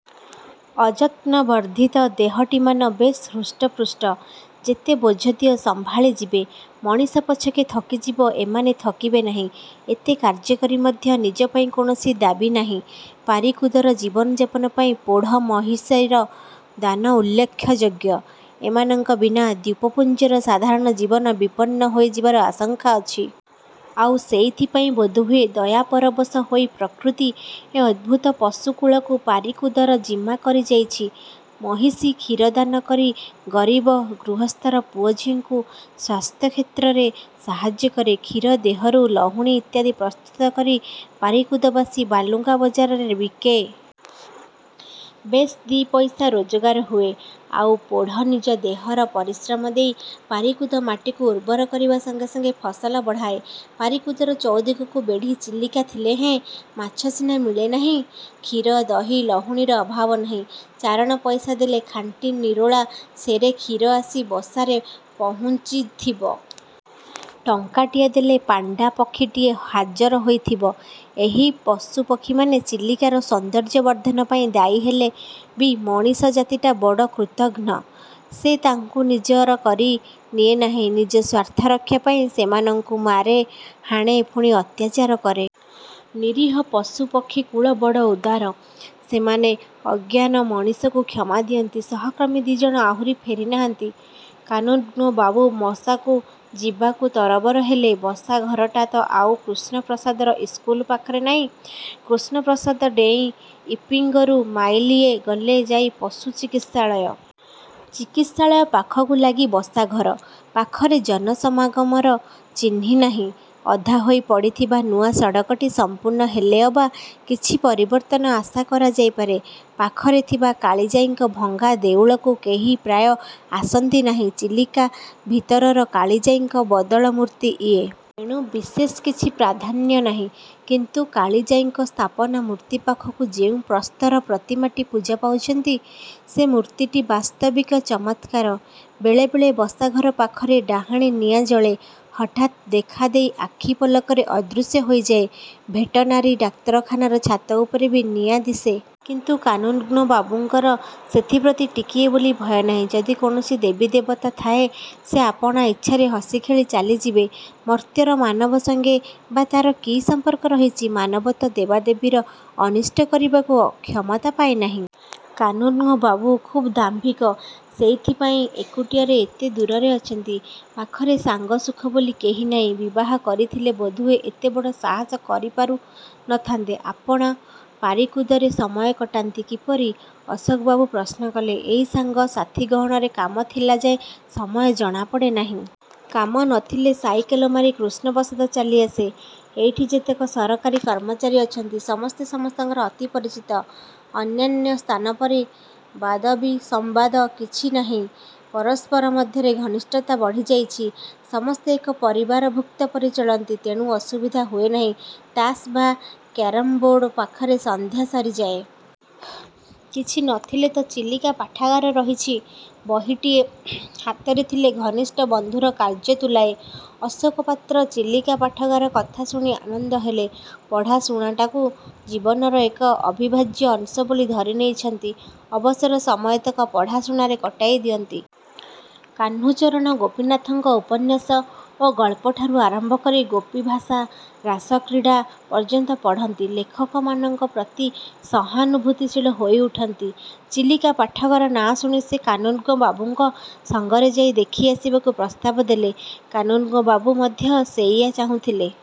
ଅଯତ୍ନ ବର୍ଦ୍ଧିତ ଦେହଟିମାନ ବେଶ୍ ହୃଷ୍ଟପୃଷ୍ଟ। ଯେତେ ବୋଝ ଦିଅ ସମ୍ଭାଳି ଯିବେ। ମଣିଷ ପଛକେ ଥକିଯିବ, ଏମାନେ ଥକିବେ ନାହିଁ। ଏତେ କାର୍ଯ୍ୟ କରି ମଧ୍ୟ ନିଜପାଇଁ କୌଣସି ଦାବୀନାହିଁ। ପାରିକୁଦର ଜୀବନଯାପନ ପାଇଁ ପୋଢ଼ ମହିଷୀର ଦାନ ଉଲ୍ଲେଖ ଯୋଗ୍ୟ। ଏମାନଙ୍କ ବିନା ଦ୍ୱୀପପୁଞ୍ଜର ସାଧାରଣ ଜୀବନ ବିପନ୍ନ ହୋଇଯିବାର ଆଶଙ୍କା ଅଛି। ଆଉ ସେଇଥିପାଇଁ ବୋଧହୁଏ ଦୟାପରବଶ ହୋଇ ପ୍ରକୃତି ଏ ଅଦ୍ଭୂତ ପଶୁ କୁଳକୁ ପାରିକୁଦର ଜିମା କରି ଯାଇଛି! ମହିଷୀ କ୍ଷୀର ଦାନ କରି ଗରୀବ ଗୃହସ୍ଥର ପୁଅଝିଅଙ୍କୁ ସ୍ୱାସ୍ଥ୍ୟ କ୍ଷେତ୍ରରେ ସାହାଯ୍ୟ କରେ। କ୍ଷୀର ଦେହରୁ ଲହୁଣୀ ଇତ୍ୟାଦି ପ୍ରସ୍ତୁତ କରି ପାରିକୁଦବାସୀ ବାଲୁଗାଁ ବଜାରରେ ବିକେ। ବେଶ୍ ଦି'ପଇସା ରୋଜଗାର ହୁଏ। ଆଉ ପୋଢ଼ ନିଜ ଦେହର ପରିଶ୍ରମ ଦେଇ ପାରିକୁଦ ମାଟିକୁ ଉର୍ବର କରିବା ସଙ୍ଗେ ସଙ୍ଗେ ଫସଲ ବଢ଼ାଏ। ପାରିକୁଦର ଚଉଦିଗକୁ ବେଢ଼ି ଚିଲିକା ଥିଲେହେଁ ମାଛ ସିନା ମିଳେନାହିଁ, କ୍ଷୀର, ଦହି, ଲହୁଣୀର ଅଭାବ ନାହିଁ। ଚାରଣା ପଇସା ଦେଲେ ଖାଣ୍ଟି ନିରୋଳା ସେରେ କ୍ଷୀର ଆସି ବସାରେ ପହୁଞ୍ଚିଥିବ। ଟଙ୍କାଟିଏ ଦେଲେ ପାଣ୍ଡା ପକ୍ଷୀଟିଏ ହାଜର ହୋଇଥିବ। ଏହି ପଶୁ ପକ୍ଷୀମାନେ ଚିଲିକାର ସୌନ୍ଦର୍ଯ୍ୟ ବର୍ଦ୍ଧନ ପାଇଁ ଦାୟୀହେଲେ ବି ମଣିଷ ଜାତିଟା ବଡ଼ କୃତଘ୍ନ। ସେ ତାଙ୍କୁ ନିଜର କରି ନିଏନାହିଁ। ନିଜ ସ୍ୱାର୍ଥରକ୍ଷା ପାଇଁ ସେମାନଙ୍କୁ ମାରେ ହାଣେ ପୁଣି ଅତ୍ୟାଚାର କରେ। ନିରୀହ ପଶୁ ପକ୍ଷୀକୁଳ ବଡ଼ ଉଦାର! ସେମାନେ ଅଜ୍ଞାନ ମଣିଷକୁ କ୍ଷମା ଦିଅନ୍ତି। ସହକର୍ମୀ ଦି'ଜଣ ଆହୁରି ଫେରି ନାହାନ୍ତି? କାନୁନ୍ଗୋ ବାବୁ ବସାକୁ ଯିବାକୁ ତରବର ହେଲେ। ବସାଘରଟା ତ ଆଉ କୃଷ୍ଣପ୍ରସାଦର ଇସ୍କୁଲ ପାଖରେ ନାହିଁ! କୃଷ୍ଣପ୍ରସାଦ ଡେଇଁ ଇପିଙ୍ଗରୁ ମାଇଲିଏ ଗଲେ ଯାଇ ପଶୁ ଚିକିତ୍ସାଳୟ। ଚିକିତ୍ସାଳୟ ପାଖକୁ ଲାଗି ବସାଘର। ପାଖରେ ଜନସମାଗମର ଚିହ୍ନି ନାହିଁ। ଅଧାହୋଇ ପଡ଼ିଥିବା ନୂଆ ସଡ଼କଟି ସଂପୂର୍ଣ୍ଣ ହେଲେ ଅବା କିଛି ପରିବର୍ତ୍ତନ ଆଶା କରାଯାଇ ପାରେ! ପାଖରେ ଥିବା କାଳିଜାଈଙ୍କ ଭଙ୍ଗା ଦେଉଳକୁ କେହି ପ୍ରାୟ ଆସନ୍ତି ନାହିଁ। ଚିଲିକା ଭିତରର କାଳିଜାଈଙ୍କ ବଦଳ ମୂର୍ତ୍ତି ଇଏ। ତେଣୁ ବିଶେଷ କିଛି ପ୍ରାଧାନ୍ୟ ନାହିଁ। କିନ୍ତୁ କାଳିଜାଈଙ୍କ ସ୍ଥାପନା ମୂର୍ତ୍ତି ପାଖକୁ ଯେଉଁ ପ୍ରସ୍ତର ପ୍ରତିମାଟି ପୂଜା ପାଉଛନ୍ତି, ସେ ମୂର୍ତ୍ତିଟି ବାସ୍ତବିକ ଚମତ୍କାର। ବେଳେ ବେଳେ ବସାଘର ପାଖରେ ଡାହାଣୀ ନିଆଁ ଜଳେ। ହଠାତ୍ ଦେଖାଦେଇ ଆଖି ପଲକରେ ଅଦୃଶ୍ୟ ହୋଇଯାଏ। ଭେଟନାରୀ ଡାକ୍ତରଖାନାର ଛାତ ଉପରେ ବି ନିଆଁ ଦିଶେ। କିନ୍ତୁ କାନୁନ୍ଗୋ ବାବୁଙ୍କର ସେଥିପ୍ରତି ଟିକିଏ ବୋଲି ବି ଭୟ ନାହିଁ। ଯଦି କୌଣସି ଦେବୀ ଦେବତା ଥାଏ, ସେ ଆପଣା ଇଚ୍ଛାରେ ହସି ଖେଳି ଚାଲିଯିବେ। ମର୍ତ୍ତ୍ୟର ମାନବ ସଙ୍ଗେ ବା ତାର କି ସଂପର୍କ ରହିଛି? ମାନବ ତ ଦେବାଦେବୀର ଅନିଷ୍ଟ କରିବାକୁ କ୍ଷମତା ପାଇନାହିଁ। କାନୁନ୍ଗୋବାବୁ ଖୁବ୍ ଦାମ୍ଭୀକ। ସେଇଥିପାଇଁ ଏକୁଟିଆରେ ଏତେ ଦୂରେ ଅଛନ୍ତି। ପାଖରେ ସାଙ୍ଗସୁଖ ବୋଲି କେହି ନାହିଁ। ବିବାହ କରିଥିଲେ ବୋଧହୁଏ ଏତେ ବଡ଼ ସାହସ କରି ପାରୁ ନ ଥାନ୍ତେ। ଆପଣ ପାରିକୁଦରେ ସମୟ କଟାନ୍ତି କିପରି? ଅଶୋକବାବୁ ପ୍ରଶ୍ନ କଲେ। ଏଇ ସାଙ୍ଗ ସାଥି ଗହଣରେ କାମ ଥିଲାଯାଏ ସମୟ ଜଣାପଡ଼େ ନାହିଁ। କାମ ନ ଥିଲେ ସାଇକଲ ମାରି କୃଷ୍ଣପ୍ରସାଦ ଚାଲିଆସେ। ଏଇଠି ଯେତକ ସରକାରୀ କର୍ମଚାରୀ ଅଛନ୍ତି, ସମସ୍ତେ ସମସ୍ତଙ୍କର ଅତି ପରିଚିତ। ଅନ୍ୟାନ୍ୟ ସ୍ଥାନପରି ବାଦବିସମ୍ବାଦ କିଛି ନାହିଁ। ପରସ୍ପର ମଧ୍ୟରେ ଘନିଷ୍ଠତା ବଢ଼ିଯାଇଛି। ସମସ୍ତେ ଏକ ପରିବାରଭୁକ୍ତପରି ଚଳନ୍ତି। ତେଣୁ ଅସୁବିଧା ହୁଏନାହିଁ। ତାସ୍ ବା କେରମ୍ବୋର୍ଡ଼ ପାଖରେ ସନ୍ଧ୍ୟା ସରିଯାଏ। କିଛି ନ ଥିଲେ ତ 'ଚିଲିକା ପାଠାଗାର' ରହିଛି! ବହିଟିଏ। ହାତରେ ଥିଲେ ଘନିଷ୍ଠ ବନ୍ଧୁର କାର୍ଯ୍ୟ ତୁଲାଏ। ଅଶୋକ ପାତ୍ର ଚିଲିକା ପାଠାଗାର କଥା ଶୁଣି ଆନନ୍ଦ ହେଲେ। ପଢ଼ା ଶୁଣାଟାକୁ ଜୀବନର ଏକ ଅବିଭାଜ୍ୟ ଅଂଶ ବୋଲି ଧରିନେଇଛନ୍ତି। ଅବସର ସମୟତକ ପଢ଼ାଶୁଣାରେ କଟାଇ ଦିଅନ୍ତି। କାହ୍ନୁଚରଣ, ଗୋପିନାଥଙ୍କ ଉପନ୍ୟାସ ଓ ଗଳ୍ପଠାରୁ ଆରମ୍ଭ କରି ଗୋପିଭାଷା, ରାସକ୍ରୀଡ଼ା ପର୍ଯ୍ୟନ୍ତ ପଢ଼ନ୍ତି। ଲେଖକମାନଙ୍କ ପ୍ରତି ସହାନୁଭୂତିଶୀଳ ହୋଇ ଉଠନ୍ତି। 'ଚିଲିକା ପାଠାଗାର' ନାଁ ଶୁଣି ସେ କାନୁନ୍ଗୋ ବାବୁଙ୍କ ସଙ୍ଗରେ ଯାଇ ଦେଖିଆସିବାକୁ ପ୍ରସ୍ତାବ ଦେଲେ। କାନୁନ୍ଗୋବାବୁ ମଧ୍ୟ ସେଇଆ ଚାହୁଁଥିଲେ।